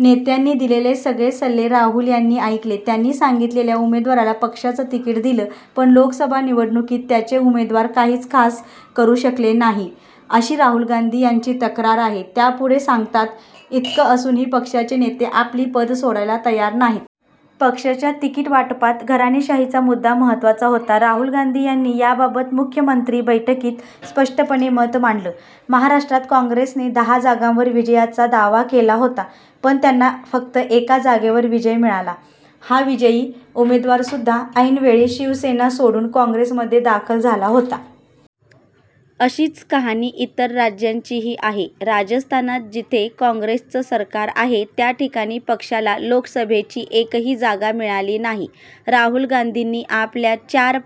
नेत्यांनी दिलेले सगळे सल्ले राहुल यांनी ऐकले. त्यांनी सांगितेलेल्या उमेदवाराला पक्षानं तिकीट दिलं पण लोकसभा निवडणुकीत त्यांचे उमेदवार काहीच खास करू शकले नाही, अशी राहूल गांधी यांची तक्रार आहे त्या पुढे सांगतात. इतकं असूनही पक्षाचे नेते आपली पदं सोडायला तयार नाहीत. पक्षाच्या तिकीटवाटपात घराणेशाहीचा मुद्दा महत्त्वाचा होता. राहुल गांधी यांनी याबाबत मुख्यमंत्री बैठकीत स्पष्टपणे मत मांडलं. महाराष्ट्रात काँग्रेसने दहा जागांवर विजयाचा दावा केला होता. पण त्यांना फक्त एका जागेवर विजय मिळाला. हा विजयी उमेदवारसुद्धा ऐनवेळी शिवसेना सोडून काँग्रेसमध्ये दाखल झाला होता. अशीच कहाणी इतर राज्यांचीही आहे. राजस्थानात जिथे काँग्रेसचं सरकार आहे, त्याठिकाणी पक्षाला लोकसभेची एकही जागा मिळाली नाही. राहुल गांधींनी आपल्या चार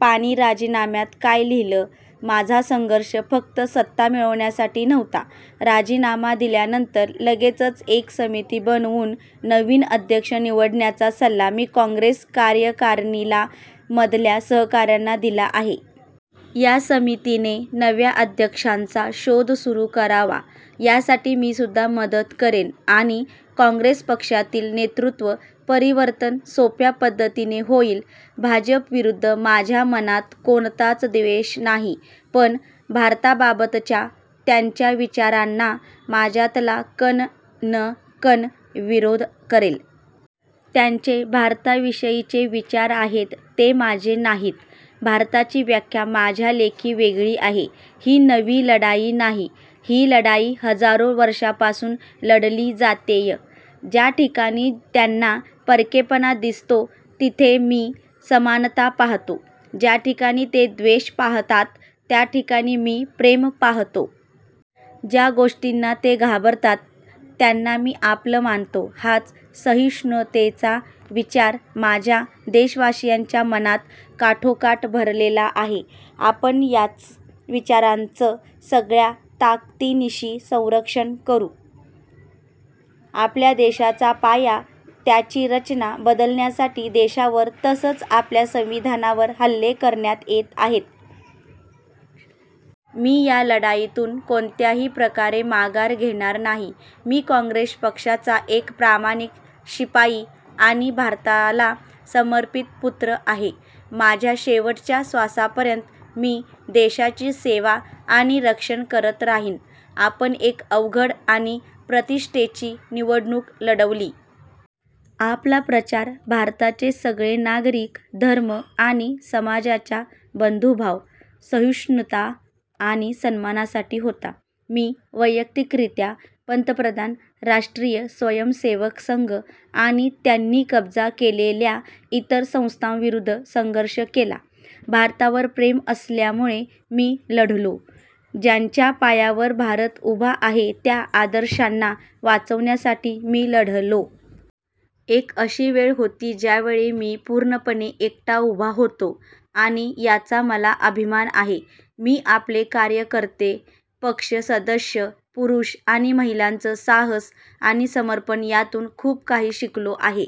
पानी राजीनाम्यात काय लिहिलं? माझा संघर्ष फक्त सत्ता मिळवण्यासाठी नव्हता. राजीनामा दिल्यानंतर लगेचच एक समिती बनवून नवीन अध्यक्ष निवडण्याचा सल्ला मी काँग्रेस कार्यकारिणीला मधल्या सहकाऱ्यांना दिला आहे. या समितीने नव्या अध्यक्षांचा शोध सुरू करावा. यासाठी मीसुद्धा मदत करेन आणि काँग्रेस पक्षातील नेतृत्व परिवर्तन सोप्या पद्धतीने होईल. भाजपविरुद्ध माझ्या मनात कोणताच द्वेष नाही, पण भारताबाबतच्या त्यांच्या विचारांना माझ्यातला कण न कण विरोध करेल. त्यांचे भारताविषयीचे विचार आहेत ते माझे नाहीत. भारताची व्याख्या माझ्यालेखी वेगळी आहे. ही नवी लढाई नाही, ही लढाई हजारो वर्षांपासून लढली जातेय. ज्याठिकाणी त्यांना परकेपणा दिसतो तिथे मी समानता पाहतो. ज्याठिकाणी ते द्वेष पाहतात, त्याठिकाणी मी प्रेम पाहतो. ज्या गोष्टींना ते घाबरतात, त्यांना मी आपलं मानतो. हाच सहिष्णुतेचा विचार माझ्या देशवासीयांच्या मनात काठोकाठ भरलेला आहे. आपण याच विचारांचं सगळ्या ताकदीनिशी संरक्षण करू. आपल्या देशाचा पाया, त्याची रचना बदलण्यासाठी देशावर तसंच आपल्या संविधानावर हल्ले करण्यात येत आहेत. मी या लढाईतून कोणत्याही प्रकारे माघार घेणार नाही. मी काँग्रेस पक्षाचा एक प्रामाणिक शिपाई आणि भारताला समर्पित पुत्र आहे. माझ्या शेवटच्या श्वासापर्यंत मी देशाची सेवा आणि रक्षण करत राहीन. आपण एक अवघड आणि प्रतिष्ठेची निवडणूक लढवली. आपला प्रचार भारताचे सगळे नागरिक, धर्म आणि समाजांच्या बंधुभाव, सहिष्णुता आणि सन्मानासाठी होता. मी वैयक्तिकरित्या पंतप्रधान, राष्ट्रीय स्वयंसेवक संघ आणि त्यांनी कब्जा केलेल्या इतर संस्थांविरुद्ध संघर्ष केला. भारतावर प्रेम असल्यामुळे मी लढलो. ज्यांच्या पायावर भारत उभा आहे, त्या आदर्शांना वाचवण्यासाठी मी लढलो. एक अशी वेळ होती ज्यावेळी मी पूर्णपणे एकटा उभा होतो आणि याचा मला अभिमान आहे. मी आपले कार्यकर्ते, पक्ष सदस्य, पुरूष आणि महिलांचं साहस आणि समर्पण यातून खूप काही शिकलो आहे.